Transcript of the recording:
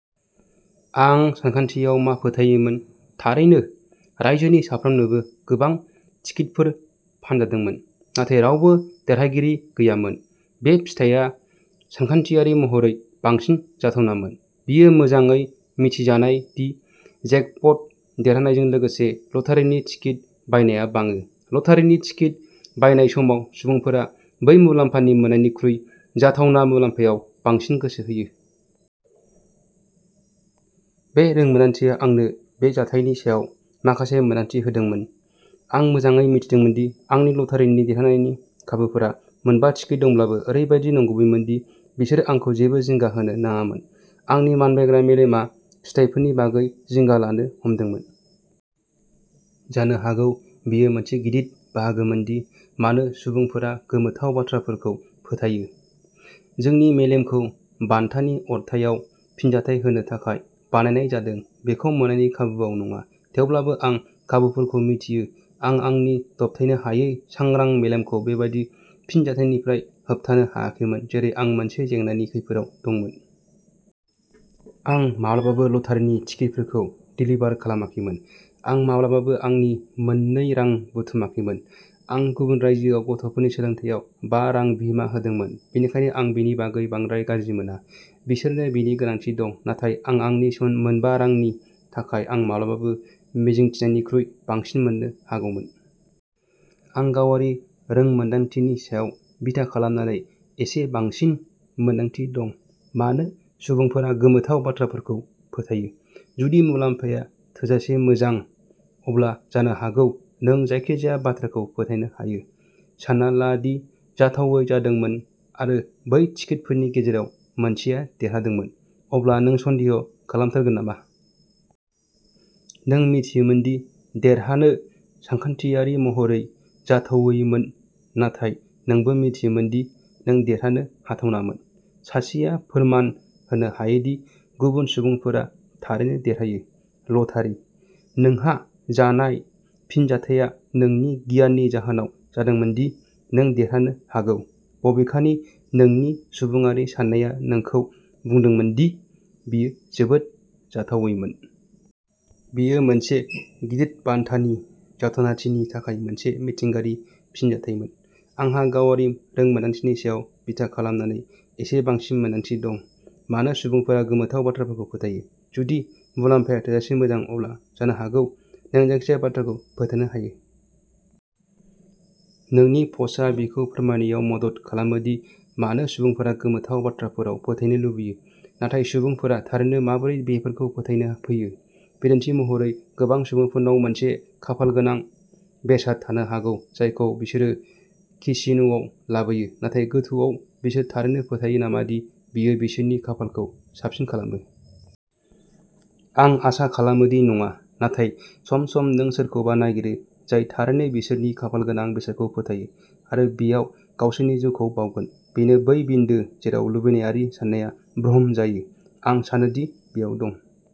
आं सानखान्थियाव मा फोथायोमोन? थारैनो, रायजोनि साफ्रोमनोबो गोबां टिकेटफोर फानजादोंमोन, नाथाय रावबो देरहागिरि गैयामोन। बे फिथाया सानखान्थियारि महरै बांसिन जाथावनामोन। बेयो मोजाङै मिथिजानाय दि जेकप'ट देरनायजों लोगोसे ल'टारिनि टिकेट बायनाया बाङो। ल'टारिनि टिकेट बायनाय समाव, सुबुंफोरा बै मुलाम्फानि मोन्नायनिख्रुइ जाथावना मुलाम्फायाव बांसिन गोसो होयो। बे रोंमोनदांथिया आंनो बे जाथायनि सायाव माखासे मोनदांथि होदोंमोन। आं मोजाङै मिथिदोंमोन दि आंनि ल'टारिनि देरहानायनि खाबुफोरा मोनबा टिकेट दंब्लाबो ओरैबायदि नंगुबैमोन दि बिसोर आंखौ जेबो जिंगा होनो नाङामोन, आंनि मानबायग्रा मेलेमआ फिथायफोरनि बागै जिंगा लानो हमदोंमोन। जानो हागौ बेयो मोनसे गिदिर बाहागोमोन दि मानो सुबुंफोरा गोमोथाव बाथ्राफोरखौ फोथायो। जोंनि मेलेमखौ बान्थानि अरथाइआव फिनजाथाय होनो थाखाय बानायनाय जादों, बेखौ मोननायनि खाबुवाव नङा। थेवब्लाबो आं खाबुफोरखौ मिथियो, आं आंनि दबथायनो हायै सांग्रां मेलेमखौ बेबादि फिनजाथायनिफ्राय होबथानो हायाखैमोन जेरै आं मोनसे जेंनानि खैफोदआव दंमोन। आं माब्लाबाबो लटारिनि टिकेटफोरखौ देलिभार खालामाखैमोन। आं माब्लाबाबो आंनि मोन्नै रां बुथुमाखैमोन। आं गुबुन रायजोआव गथ'फोरनि सोलोंथायाव बा रां बिहोमा होदोंमोन, बेनिखायनो आं बेनि बागै बांद्राय गाज्रि मोना। बिसोरनो बेनि गोनांथि दं। नाथाय आं आंनि मोनबा रांनि थाखाय आं माब्लाबाबो मिजिंथिनायनिख्रुइ बांसिन मोन्नो हागौमोन। आं गावारि रोंमोनदांथिनि सायाव बिथा खालामनानै एसे बांसिन मोनदांथि दं, मानो सुबुंफोरा गोमोथाव बाथ्राफोरखौ फोथायो। जुदि मुलामफाया थोजासे मोजां, अब्ला जानो हागौ नों जायखिजाया बाथ्राखौ फोथायनो हायो। सानना ला दि जाथावै जादोंमोन आरो बै टिकेटफोरनि गेजेराव मोनसेया देरहादोंमोन, अब्ला नों सन्देह खालामथारगोन नामा? नों मिथियोमोन दि देरहानो सानखान्थियारि महरै जाथावैमोन नाथाय नोंबो मिथियोमोन दि नों देरहानो हाथावनामोन। सासेया फोरमान होनो हायोदि माखासे सुबुंफोरा थारैनो देरहायो। ल'टारी। नोंहा जानाय फिनजाथाया नोंनि गियाननि जाहोनाव जादोंमोन दि नों देरहानो हागौ, बबेखानि नोंनि सुबुङारि साननाया नोंखौ बुंदोंमोन दि बेयो जोबोद जाथावैमोन। बेयो मोनसे गिदिर बान्थानि जाथावनाथिनि थाखाय मोनसे मिथिंगायारि फिनजाथायमोन। आंहा गावारि रोंमोन्दांथिनि सायाव बिथा खालामनानै एसे बांसिन मोनदांथि दं, मानो सुबुंफोरा गोमोथाव बाथ्राफोरखौ फोथायो। जुदि मुलामफाया थोजासे मोजां, अब्ला जानो हागौ नों जायखिजाया बाथ्राखौ फोथायनो हायो। नोंनि पस्टआ बेखौ फोरमायनायाव मदद खालामो दि मानो सुबुंफोरा गोमोथाव बाथ्राफोराव फोथायनो लुबैयो, नाथाय सुबुंफोरा थारैनो माबोरै बेफोरखौ फोथायनो फैयो? बिदिन्थि महरै, गोबां सुबुंफोरनाव मोनसे खाफालगोनां बेसाद थानो हागौ जायखौ बिसोरो केसिनोआव लाबोयो, नाथाय गोथौआव बिसोर थारैनो फोथायो नामा दि बेयो बिसोरनि खाफालखौ साबसिन खालामो? आं आसा खालामो दि नङा। नाथाय सम-सम नों सोरखौबा नागिरो जाय थारैनो बिसोरनि खाफालगोनां बेसादखौ फोथायो आरो बेयाव गावसोरनि जिउखौ बावगोन। बेनो बै बिन्दो जेराव लुबैनायारि साननाया भ्रम जायो। आं सानो दि बेयाव दं।